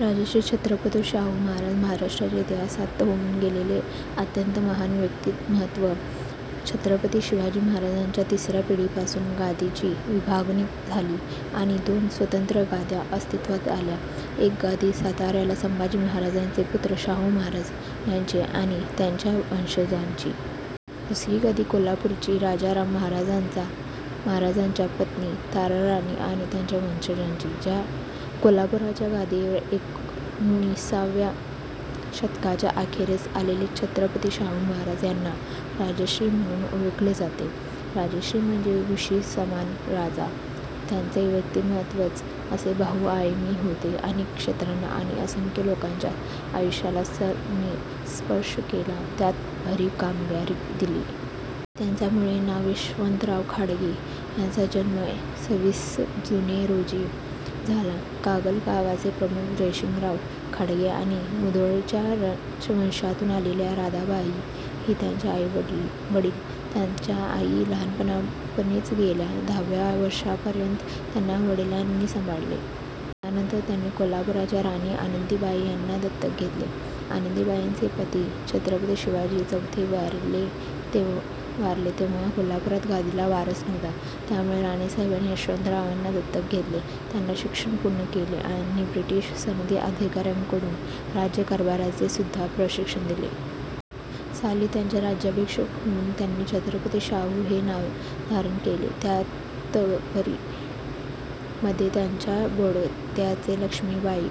राजर्षी छत्रपती शाहु महाराज. महाराष्ट्राच्या इतिहासात होऊन गेलेले अत्यंत महान व्यक्तिमत्व. छत्रपती शिवाजी महाराजांच्या तिसऱ्या पिढीपासून गादीची विभागणी झाली आणि दोन स्वतंत्र गाद्या अस्तित्वात आल्या. एक गादी साताऱ्याला संभाजी महाराजांचे पुत्र शाहु महाराज यांची आणि त्यांच्या वंशजांची. दुसरी गादी कोल्हापूरची राजाराम महाराजांच्या पत्नी ताराराणी आणि त्यांच्या वंशजांची. त्या कोल्हापूरच्या गादीवर एकोणिसाव्या शतकाच्या अखेरीस आलेले छत्रपती शाहु महाराज यांना राजर्षी म्हणुन ओळखले जाते. राजर्षी म्हणजे ऋषीसमान राजा. त्यांचे व्यक्तिमत्वच असे बहुआयामी होते, अनेक क्षेत्रांना आणि असंख्य लोकांच्या आयुष्याला त्यांनी स्पर्श केला, त्यात भरीव कामगिरी केली. त्यांचे मूळ नाव यशवंतराव घाटगे. त्यांचा जन्म सव्वीस जुन रोजी झाला. कागल गावचे प्रमुख जयसिंगराव घाटगे आणि मुधोळच्या राजवंशातुन आलेल्या राधाबाई हे त्यांचे आईवडील. त्यांच्या आई लहानपणीच गेल्या. दहाव्या वर्षापर्यंत त्यांना वडिलांनी सांभाळले. त्यानंतर त्यांना कोल्हापूरच्या राणी आनंदीबाई यांनी दत्तक घेतले. आनंदीबाईंचे पती छत्रपती शिवाजी चौथे वारले तेव्हा कोल्हापूरच्या गादीला वारस नव्हता. त्यामुळे राणीसाहेबांनी यशवंतरावांना दत्तक घेतले. त्यांनी शिक्षण पूर्ण केले. त्यांना ब्रिटिश सनदी अधिकाऱ्यांकडून राज्य कारभाराचे सुद्धा प्रशिक्षण मिळाले. साली त्यांचा राज्याभिषेक होऊन त्यांनी छत्रपती शाहू हे नाव धारण केले. तत्पूर्वी मध्ये त्यांचा बडोद्याच्या लक्ष्मीबाई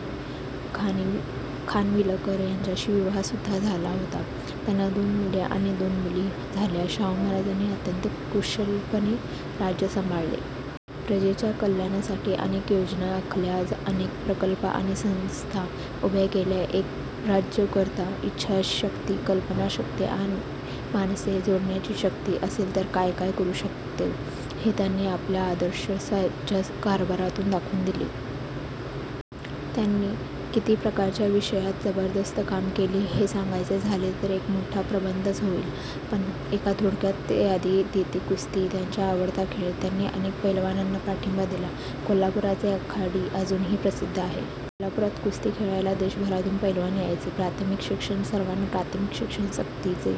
खानविलकर यांच्याशी विवाहसुद्धा झाला होता. त्यांना दोन मुले आणि दोन मुली झाल्या. शाहु महाराजांनी अत्यंत कुशलपणे राज्य सांभाळले. प्रजेच्या कल्याणासाठी अनेक योजना आखल्या. अनेक प्रकल्प आणि संस्था उभ्या केल्या. एक राज्यकर्ता इच्छा शक्ती, कल्पनाशक्ती आणि माणसे जोडण्याची शक्ती असले तर काय काय करू शकतो हे त्यांनी आपल्या आदर्श राज्यकारभारातुन दाखवुन दिले. त्यांनी किती प्रकारच्या विषयात जबरदस्त काम केले हे सांगायचे झाले तर एक मोठा प्रबंधच होईल. पण एक थोडक्यात यादी देतो. कुस्ती. त्यांचा आवडता खेळ. त्यांनी अनेक पैलवानांना पाठिंबा दिला. कोल्हापूरचे आखाडे अजूनही प्रसिद्ध आहेत. कोल्हापुरात कुस्ती खेळायला देशभरातून पैलवान यायचे. प्राथमिक शिक्षण सर्वांना प्राथमिक शिक्षण सक्तीचे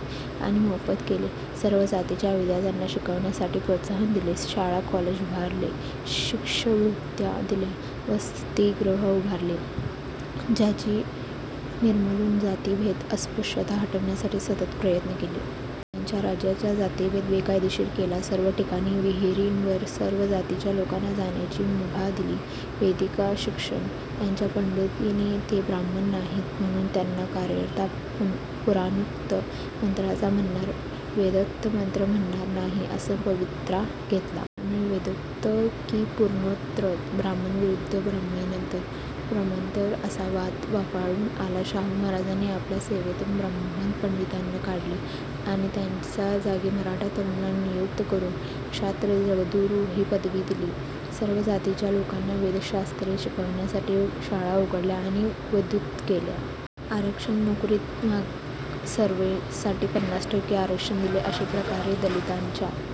आणि मोफत केले. सर्व जातीच्या विद्यार्थ्यांना शिकण्यासाठी प्रोत्साहन दिले. शाळा कॉलेज उभारले. शिष्यवृत्त्या दिल्या. वसतिगृहे उभारली. जाती निर्मूलन जातीभेद, अस्पृश्यता हटवण्यासाठी सतत प्रयत्न केले. त्यांच्या राज्यात जातीभेद बेकायदेशीर केला. सर्व ठिकाणी, विहिरींवर सर्व जातीच्या लोकांना जाण्याची मुभा दिली. वेदिक शिक्षण: त्यांच्या पंडितांनी ते ब्राह्मण नाहीत म्हणुन त्यांच्या कार्यात पुराणोक्त मंत्रच म्हणणार वेदोक्त मंत्र म्हणणार नाही असा पवित्रा घेतला. त्यामुळे वेदोक्त कि पुराणोक्त, ब्राह्मण विरुद्ध ब्राह्मणेतर असा वाद उफाळून आला. शाहु महाराजांनी आपल्या सेवेतुन ब्राह्मण पंडितांना काढले आणि त्याजागी मराठा तरुणांना नियुक्त करून क्षात्र जगद्गुरू हि पदवी दिली. सर्व जातीच्या लोकांना वेदशास्त्रे शिकण्यासाठी शाळा उघडल्या आणि उद्युक्त केले. आरक्षण नोकरीत मागासवर्गीयांसाठी पन्नास टक्के आरक्षण दिले. अशा प्रकारे दलितांच्या